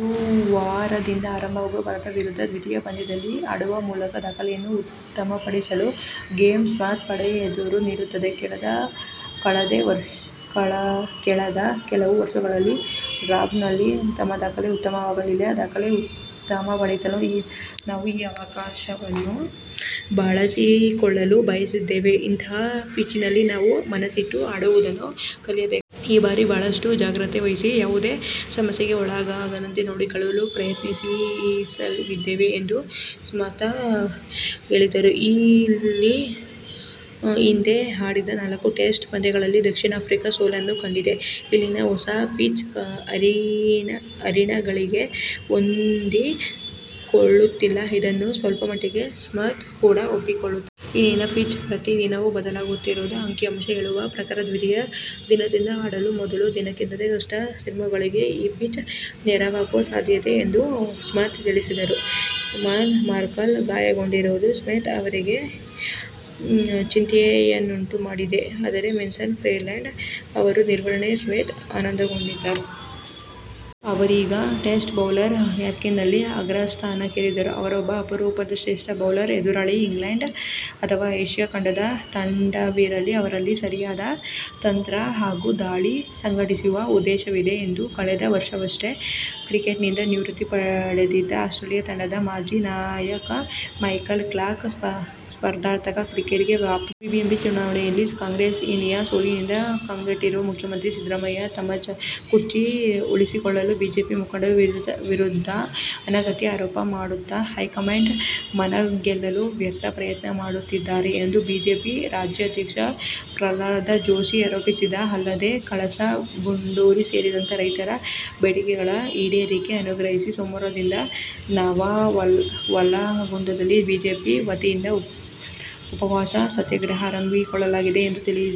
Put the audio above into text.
ಗುರುವಾರದಿಂದ ಆರಂಭವಾಗುವ ಭಾರತ ವಿರುದ್ಧದ ದ್ವಿತೀಯ ಪಂದ್ಯದಲ್ಲಿ ಆಡುವ ಮೂಲಕ ದಾಖಲೆಯನ್ನು ಉತ್ತಮಪಡಿಸಲು ಗ್ರೇಮ್ ಸ್ಮಿತ್ ಪಡೆ ಎದುರು ನೋಡುತ್ತಿದೆ. ಕಳೆದ ಕೆಲವು ವರ್ಷಗಳಲ್ಲಿ ಡರ್ಬಾನ್ನಲ್ಲಿ ನಮ್ಮ ದಾಖಲೆ ಉತ್ತಮವಾಗಿಲ್ಲ. ದಾಖಲೆ ಉತ್ತಮಪಡಿಸಲು ನಾವು ಈ ಅವಕಾಶವನ್ನು ಬಳಸಿಕೊಳ್ಳಲು ಬಯಸಿದ್ದೇವೆ. ಇಂತಹ ಪಿಚ್ನಲ್ಲಿ ನಾವು ಮನಸ್ಸಿಟ್ಟು ಆಡುವುದನ್ನು ಕಲಿಯಬೇಕಾಗಿದೆ. ಈ ಬಾರಿ ಬಹಳಷ್ಟು ಜಾಗ್ರತೆ ವಹಿಸಿ ಯಾವುದೇ ಸಮಸ್ಯೆಗೆ ಒಳಗಾಗದಂತೆ ನೋಡಿಕೊಳ್ಳಲು ಪ್ರಯತ್ನಿಸಲಿದ್ದೇವೆ ಎಂದು ಸ್ಮಿತ್ ಹೇಳಿದರು. ಇಲ್ಲಿ ಈ ಹಿಂದೆ ಆಡಿದ ನಾಲ್ಕು ಟೆಸ್ಟ್ ಪಂದ್ಯಗಳಲ್ಲಿ ದಕ್ಷಿಣ ಆಫ್ರಿಕಾ ಸೋಲನ್ನು ಕಂಡಿದೆ. ಇಲ್ಲಿನ ಹೊಸ ಪಿಚ್ ಹರಿಣಗಳಿಗೆ ಹೊಂದಿಕೊಳ್ಳುತ್ತಿಲ್ಲ. ಇದನ್ನು ಸ್ವಲ್ಪಮಟ್ಟಿಗೆ ಸ್ಮಿತ್ ಕೂಡ ಒಪ್ಪಿಕೊಳ್ಳುತ್ತಾರೆ. ಇಲ್ಲಿನ ಪಿಚ್ ಪ್ರತಿ ದಿನವೂ ಬದಲಾಗುತ್ತಿರುತ್ತದೆ. ಅಂಕಿಅಂಶ ಹೇಳುವ ಪ್ರಕಾರ ದ್ವಿತೀಯ ದಿನದಂದು ಆಡಲು ಮೊದಲ ದಿನಕ್ಕಿಂತ ಕಷ್ಟ. ಸೀಮರ್ಗಳಿಗೆ ಈ ಪಿಚ್ ನೆರವಾಗುವ ಸಾಧ್ಯತೆಯಿದೆ ಎಂದು ಸ್ಮಿತ್ ತಿಳಿಸಿದರು. ಮಾರ್ನೆ ಮಾರ್ಕೆಲ್ ಗಾಯಗೊಂಡಿರುವುದು ಸ್ಮಿತ್ ಅವರಿಗೆ ಚಿಂತೆಯನ್ನುಂಟುಮಾಡಿದೆ. ಆದರೆ ವೆರ್ನನ್ ಫಿಲಾಂಡರ್ ಅವರ ನಿರ್ವಹಣೆಯಿಂದ ಸ್ಮಿತ್ ಆನಂದಗೊಂಡಿದ್ದಾರೆ. ಅವರೀಗ ಟೆಸ್ಟ್ ಬೌಲರ್ ರ್ಯಾಂಕಿಂಗ್ನಲ್ಲಿ ಅಗ್ರಸ್ಥಾನಕ್ಕೇರಿದ್ದಾರೆ. ಅವರೊಬ್ಬ ಅಪರೂಪದ ಶ್ರೇಷ್ಠ ಬೌಲರ್. ಎದುರಾಳಿ ಇಂಗ್ಲಂಡ್ ಅಥವಾ ಏಶ್ಯ ಖಂಡದ ತಂಡವಿರಲಿ ಅವರಲ್ಲಿ ಸರಿಯಾದ ತಂತ್ರ ಹಾಗೂ ದಾಳಿ ಸಂಘಟಿಸುವ ಉದ್ದೇಶವಿದೆ ಎಂದರು. ಕಳೆದ ವರ್ಷವಷ್ಟೇ ಕ್ರಿಕೆಟ್ನಿಂದ ನಿವೃತ್ತಿ ಪಡೆದಿದ್ದ ಆಸ್ಟ್ರೇಲಿಯ ತಂಡದ ಮಾಜಿ ನಾಯಕ ಮೈಕಲ್ ಕ್ಲಾರ್ಕ್ ಸ್ಪರ್ಧಾತ್ಮಕ ಕ್ರಿಕೆಟ್ಗೆ ವಾಪಸಾಗಿದ್ದಾರೆ. ಬಿಬಿಎಂಪಿ ಚುನಾವಣೆಯಲ್ಲಿ ಕಾಂಗ್ರೆಸ್ನ ಹೀನಾಯ ಸೋಲಿನಿಂದ ಕಂಗೆಟ್ಟಿರುವ ಮುಖ್ಯಮಂತ್ರಿ ಸಿದ್ದರಾಮಯ್ಯ ತಮ್ಮ ಕುರ್ಚಿ ಉಳಿಸಿಕೊಳ್ಳಲು ಬಿಜೆಪಿ ಮುಖಂಡರ ವಿರುದ್ಧ ಅನಗತ್ಯ ಆರೋಪ ಮಾಡುತ್ತ ಹೈಕಮಾಂಡ್ ಮನಗೆಲ್ಲಲು ವ್ಯರ್ಥ ಪ್ರಯತ್ನ ಮಾಡುತ್ತಿದ್ದಾರೆ ಎಂದು ಬಿಜೆಪಿ ರಾಜ್ಯಾಧ್ಯಕ್ಷ ಪ್ರಹ್ಲಾದ ಜೋಶಿ ಆರೋಪಿಸಿದ್ದಾರೆ. ಅಲ್ಲದೆ, ಕಳಸಾ-ಬಂಡೂರಿ ಸೇರಿದಂತೆ ರೈತರ ಬೇಡಿಕೆಗಳ ಈಡೇರಿಕೆಗೆ ಆಗ್ರಹಿಸಿ ಸೋಮವಾರದಿಂದ ನವಲಗುಂದದಲ್ಲಿ ಬಿಜೆಪಿ ವತಿಯಿಂದ ಉಪವಾಸ ಸತ್ಯಾಗ್ರಹ ಆರಂಭಗೊಳ್ಳಲಿದೆ ಎಂದು ತಿಳಿಸಿದ್ದಾರೆ.